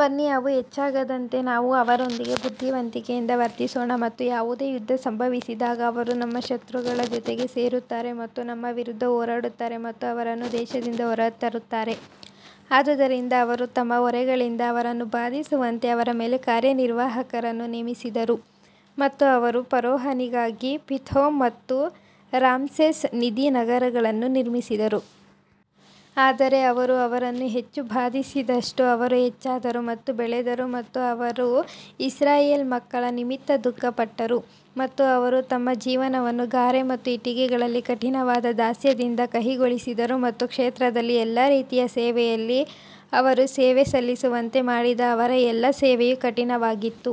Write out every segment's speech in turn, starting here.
ಬನ್ನಿ ಅವು ಹೆಚ್ಚಾಗದಂತೆ ನಾವು ಅವರೊಂದಿಗೆ ಬುದ್ಧಿವಂತಿಕೆಯಿಂದ ವರ್ತಿಸೋಣ ಮತ್ತು ಯಾವುದೇ ಯುದ್ಧ ಸಂಭವಿಸಿದಾಗ ಅವರು ನಮ್ಮ ಶತ್ರುಗಳ ಜೊತೆಗೆ ಸೇರುತ್ತಾರೆ ಮತ್ತು ನಮ್ಮ ವಿರುದ್ಧ ಹೋರಾಡುತ್ತಾರೆ ಮತ್ತು ಅವರನ್ನು ದೇಶದಿಂದ ಹೊರತರುತ್ತಾರೆ. ಆದುದರಿಂದ ಅವರು ತಮ್ಮ ಹೊರೆಗಳಿಂದ ಅವರನ್ನು ಬಾಧಿಸುವಂತೆ ಅವರ ಮೇಲೆ ಕಾರ್ಯನಿರ್ವಾಹಕರನ್ನು ನೇಮಿಸಿದರು ಮತ್ತು ಅವರು ಫರೋಹನಿಗಾಗಿ ಪಿಥೋಮ್ ಮತ್ತು ರಾಮ್ಸೆಸ್ ನಿಧಿ ನಗರಗಳನ್ನು ನಿರ್ಮಿಸಿದರು. ಆದರೆ ಅವರು ಅವರನ್ನು ಹೆಚ್ಚು ಬಾಧಿಸಿದಷ್ಟೂ ಅವರು ಹೆಚ್ಚಾದರು ಮತ್ತು ಬೆಳೆದರು ಮತ್ತು ಅವರು ಇಸ್ರಾಯೇಲ್ ಮಕ್ಕಳ ನಿಮಿತ್ತ ದುಃಖಪಟ್ಟರು. ಮತ್ತು ಅವರು ತಮ್ಮ ಜೀವನವನ್ನು ಗಾರೆ ಮತ್ತು ಇಟ್ಟಿಗೆಗಳಲ್ಲಿ ಕಠಿಣವಾದ ದಾಸ್ಯದಿಂದ ಕಹಿಗೊಳಿಸಿದರು ಮತ್ತು ಕ್ಷೇತ್ರದಲ್ಲಿ ಎಲ್ಲಾ ರೀತಿಯ ಸೇವೆಯಲ್ಲಿ ಅವರು ಸೇವೆ ಸಲ್ಲಿಸುವಂತೆ ಮಾಡಿದ ಅವರ ಎಲ್ಲಾ ಸೇವೆಯು ಕಠಿಣವಾಗಿತ್ತು.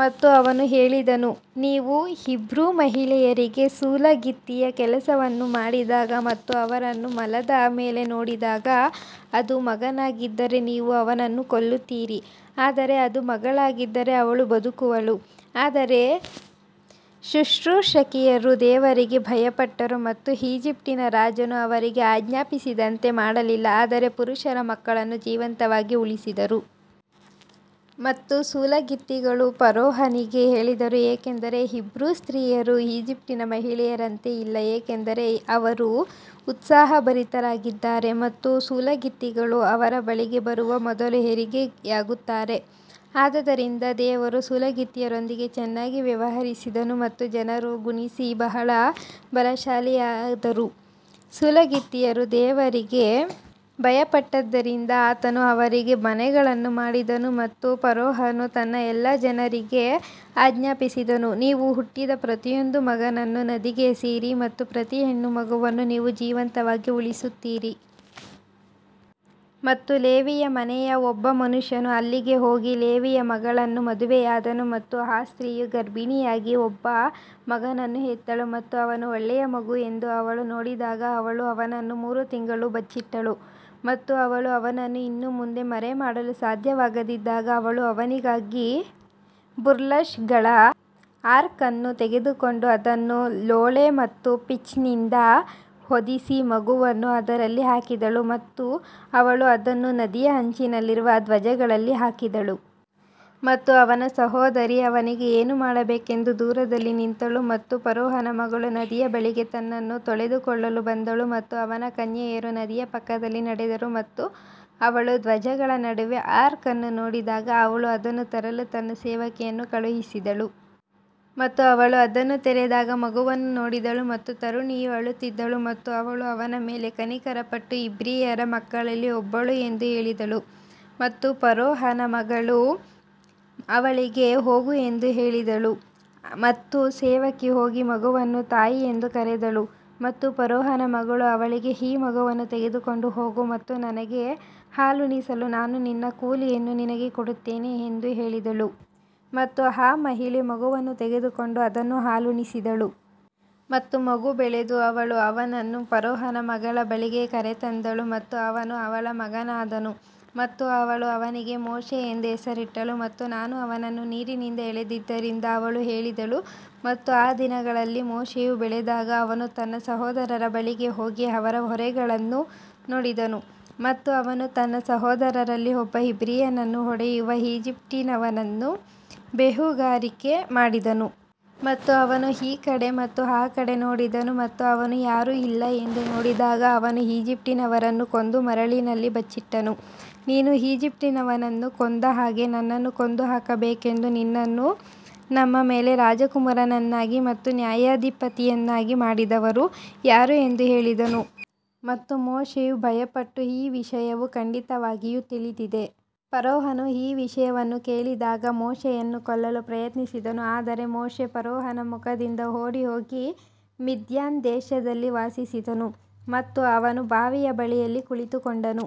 ಮತ್ತು ಅವನು ಹೇಳಿದನು, ನೀವು ಹೀಬ್ರೂ ಮಹಿಳೆಯರಿಗೆ ಸೂಲಗಿತ್ತಿಯ ಕೆಲಸವನ್ನು ಮಾಡಿದಾಗ ಮತ್ತು ಅವರನ್ನು ಮಲದ ಮೇಲೆ ನೋಡಿದಾಗ ಅದು ಮಗನಾಗಿದ್ದರೆ ನೀವು ಅವನನ್ನು ಕೊಲ್ಲುತ್ತೀರಿ ಆದರೆ ಅದು ಮಗಳಾಗಿದ್ದರೆ ಅವಳು ಬದುಕುವಳು. ಆದರೆ ಶುಶ್ರೂಷಕಿಯರು ದೇವರಿಗೆ ಭಯಪಟ್ಟರು ಮತ್ತು ಈಜಿಪ್ಟಿನ ರಾಜನು ಅವರಿಗೆ ಆಜ್ಞಾಪಿಸಿದಂತೆ ಮಾಡಲಿಲ್ಲ ಆದರೆ ಪುರುಷರ ಮಕ್ಕಳನ್ನು ಜೀವಂತವಾಗಿ ಉಳಿಸಿದರು. ಮತ್ತು ಸೂಲಗಿತ್ತಿಗಳು ಫರೋಹನಿಗೆ ಹೇಳಿದರು ಏಕೆಂದರೆ ಹೀಬ್ರೂ ಸ್ತ್ರೀಯರು ಈಜಿಪ್ಟಿನ ಮಹಿಳೆಯರಂತೆ ಇಲ್ಲ ಏಕೆಂದರೆ ಅವರು ಉತ್ಸಾಹಭರಿತರಾಗಿದ್ದಾರೆ ಮತ್ತು ಸೂಲಗಿತ್ತಿಗಳು ಅವರ ಬಳಿಗೆ ಬರುವ ಮೊದಲು ಹೆರಿಗೆಯಾಗುತ್ತಾರೆ. ಆದುದರಿಂದ ದೇವರು ಸೂಲಗಿತ್ತಿಯರೊಂದಿಗೆ ಚೆನ್ನಾಗಿ ವ್ಯವಹರಿಸಿದನು ಮತ್ತು ಜನರು ಗುಣಿಸಿ ಬಹಳ ಬಲಶಾಲಿಯಾದರು ಸೂಲಗಿತ್ತಿಯರು ದೇವರಿಗೆ ಭಯಪಟ್ಟದ್ದರಿಂದ ಆತನು ಅವರಿಗೆ ಮನೆಗಳನ್ನು ಮಾಡಿದನು ಮತ್ತು ಫರೋಹನು ತನ್ನ ಎಲ್ಲಾ ಜನರಿಗೆ ಆಜ್ಞಾಪಿಸಿದನು, ನೀವು ಹುಟ್ಟಿದ ಪ್ರತಿಯೊಂದು ಮಗನನ್ನು ನದಿಗೆ ಎಸೆಯಿರಿ ಮತ್ತು ಪ್ರತಿ ಹೆಣ್ಣು ಮಗುವನ್ನು ನೀವು ಜೀವಂತವಾಗಿ ಉಳಿಸುತ್ತೀರಿ. ಮತ್ತು ಲೇವಿಯ ಮನೆಯ ಒಬ್ಬ ಮನುಷ್ಯನು ಅಲ್ಲಿಗೆ ಹೋಗಿ ಲೇವಿಯ ಮಗಳನ್ನು ಮದುವೆಯಾದನು ಮತ್ತು ಆ ಸ್ತ್ರೀಯು ಗರ್ಭಿಣಿಯಾಗಿ ಒಬ್ಬ ಮಗನನ್ನು ಹೆತ್ತಳು ಮತ್ತು ಅವನು ಒಳ್ಳೆಯ ಮಗು ಎಂದು ಅವಳು ನೋಡಿದಾಗ ಅವಳು ಅವನನ್ನು ಮೂರು ತಿಂಗಳು ಬಚ್ಚಿಟ್ಟಳು. ಮತ್ತು ಅವಳು ಅವನನ್ನು ಇನ್ನು ಮುಂದೆ ಮರೆಮಾಡಲು ಸಾಧ್ಯವಾಗದಿದ್ದಾಗ ಅವಳು ಅವನಿಗಾಗಿ ಬುಲ್ರಶ್ಗಳ ಆರ್ಕ್ ಅನ್ನು ತೆಗೆದುಕೊಂಡು ಅದನ್ನು ಲೋಳೆ ಮತ್ತು ಪಿಚ್ನಿಂದ ಹೊದಿಸಿ ಮಗುವನ್ನು ಅದರಲ್ಲಿ ಹಾಕಿದಳು ಮತ್ತು ಅವಳು ಅದನ್ನು ನದಿಯ ಅಂಚಿನಲ್ಲಿರುವ ಧ್ವಜಗಳಲ್ಲಿ ಹಾಕಿದಳು. ಮತ್ತು ಅವನ ಸಹೋದರಿ ಅವನಿಗೆ ಏನು ಮಾಡಬೇಕೆಂದು ದೂರದಲ್ಲಿ ನಿಂತಳು ಮತ್ತು ಫರೋಹನ ಮಗಳು ನದಿಯ ಬಳಿಗೆ ತನ್ನನ್ನು ತೊಳೆದುಕೊಳ್ಳಲು ಬಂದಳು ಮತ್ತು ಅವಳ ಕನ್ಯೆಯರು ನದಿಯ ಪಕ್ಕದಲ್ಲಿ ನಡೆದರು ಮತ್ತು ಅವಳು ಧ್ವಜಗಳ ನಡುವೆ ಆರ್ಕ್ ಅನ್ನು ನೋಡಿದಾಗ ಅವಳು ಅದನ್ನು ತರಲು ತನ್ನ ಸೇವಕಿಯನ್ನು ಕಳುಹಿಸಿದಳು. ಮತ್ತು ಅವಳು ಅದನ್ನು ತೆರೆದಾಗ ಮಗುವನ್ನು ನೋಡಿದಳು ಮತ್ತು ತರುಣಿಯು ಅಳುತ್ತಿದ್ದಳು ಮತ್ತು ಅವಳು ಅವನ ಮೇಲೆ ಕನಿಕರಪಟ್ಟು ಇಬ್ರಿಯರ ಮಕ್ಕಳಲ್ಲಿ ಒಬ್ಬಳು ಎಂದು ಹೇಳಿದಳು. ಮತ್ತು ಫರೋಹನ ಮಗಳು ಅವಳಿಗೆ ಹೋಗು ಎಂದು ಹೇಳಿದಳು ಮತ್ತು ಸೇವಕಿ ಹೋಗಿ ಮಗುವನ್ನು ತಾಯಿ ಎಂದು ಕರೆದಳು ಮತ್ತು ಫರೋಹನ ಮಗಳು ಅವಳಿಗೆ ಈ ಮಗುವನ್ನು ತೆಗೆದುಕೊಂಡು ಹೋಗು ಮತ್ತು ನನಗೆ ಹಾಲುಣಿಸಲು ನಾನು ನಿನ್ನ ಕೂಲಿಯನ್ನು ನಿನಗೆ ಕೊಡುತ್ತೇನೆ ಎಂದು ಹೇಳಿದಳು ಮತ್ತು ಆ ಮಹಿಳೆ ಮಗುವನ್ನು ತೆಗೆದುಕೊಂಡು ಅದನ್ನು ಹಾಲುಣಿಸಿದಳು. ಮತ್ತು ಮಗು ಬೆಳೆದು ಅವಳು ಅವನನ್ನು ಫರೋಹನ ಮಗಳ ಬಳಿಗೆ ಕರೆತಂದಳು ಮತ್ತು ಅವನು ಅವಳ ಮಗನಾದನು ಮತ್ತು ಅವಳು ಅವನಿಗೆ ಮೋಶೆ ಎಂದು ಹೆಸರಿಟ್ಟಳು ಮತ್ತು ನಾನು ಅವನನ್ನು ನೀರಿನಿಂದ ಎಳೆದಿದ್ದರಿಂದ ಅವಳು ಹೇಳಿದಳು. ಮತ್ತು ಆ ದಿನಗಳಲ್ಲಿ ಮೋಶೆಯು ಬೆಳೆದಾಗ ಅವನು ತನ್ನ ಸಹೋದರರ ಬಳಿಗೆ ಹೋಗಿ ಅವರ ಹೊರೆಗಳನ್ನು ನೋಡಿದನು ಮತ್ತು ಅವನು ತನ್ನ ಸಹೋದರರಲ್ಲಿ ಒಬ್ಬ ಇಬ್ರಿಯನನ್ನು ಹೊಡೆಯುವ ಈಜಿಪ್ಟಿನವನನ್ನು ಬೇಹುಗಾರಿಕೆ ಮಾಡಿದನು. ಮತ್ತು ಅವನು ಈ ಕಡೆ ಮತ್ತು ಆ ಕಡೆ ನೋಡಿದನು ಮತ್ತು ಅವನು ಯಾರೂ ಇಲ್ಲ ಎಂದು ನೋಡಿದಾಗ ಅವನು ಈಜಿಪ್ಟಿನವರನ್ನು ಕೊಂದು ಮರಳಿನಲ್ಲಿ ಬಚ್ಚಿಟ್ಟನು. ನೀನು ಈಜಿಪ್ಟಿನವನನ್ನು ಕೊಂದ ಹಾಗೆ ನನ್ನನ್ನೂ ಕೊಂದುಹಾಕಬೇಕೆಂದು ನಿನ್ನನ್ನು ನಮ್ಮ ಮೇಲೆ ರಾಜಕುಮಾರನನ್ನಾಗಿ ಮತ್ತು ನ್ಯಾಯಾಧಿಪತಿಯನ್ನಾಗಿ ಮಾಡಿದವರು ಯಾರು ಎಂದು ಹೇಳಿದನು ಮತ್ತು ಮೋಶೆಯು ಭಯಪಟ್ಟು ಈ ವಿಷಯವು ಖಂಡಿತವಾಗಿಯೂ ತಿಳಿದಿದೆ. ಫರೋಹನು ಈ ವಿಷಯವನ್ನು ಕೇಳಿದಾಗ ಮೋಶೆಯನ್ನು ಕೊಲ್ಲಲು ಪ್ರಯತ್ನಿಸಿದನು ಆದರೆ ಮೋಶೆ ಫರೋಹನ ಮುಖದಿಂದ ಓಡಿಹೋಗಿ ಮಿದ್ಯಾನ್ ದೇಶದಲ್ಲಿ ವಾಸಿಸಿದನು ಮತ್ತು ಅವನು ಬಾವಿಯ ಬಳಿಯಲ್ಲಿ ಕುಳಿತುಕೊಂಡನು.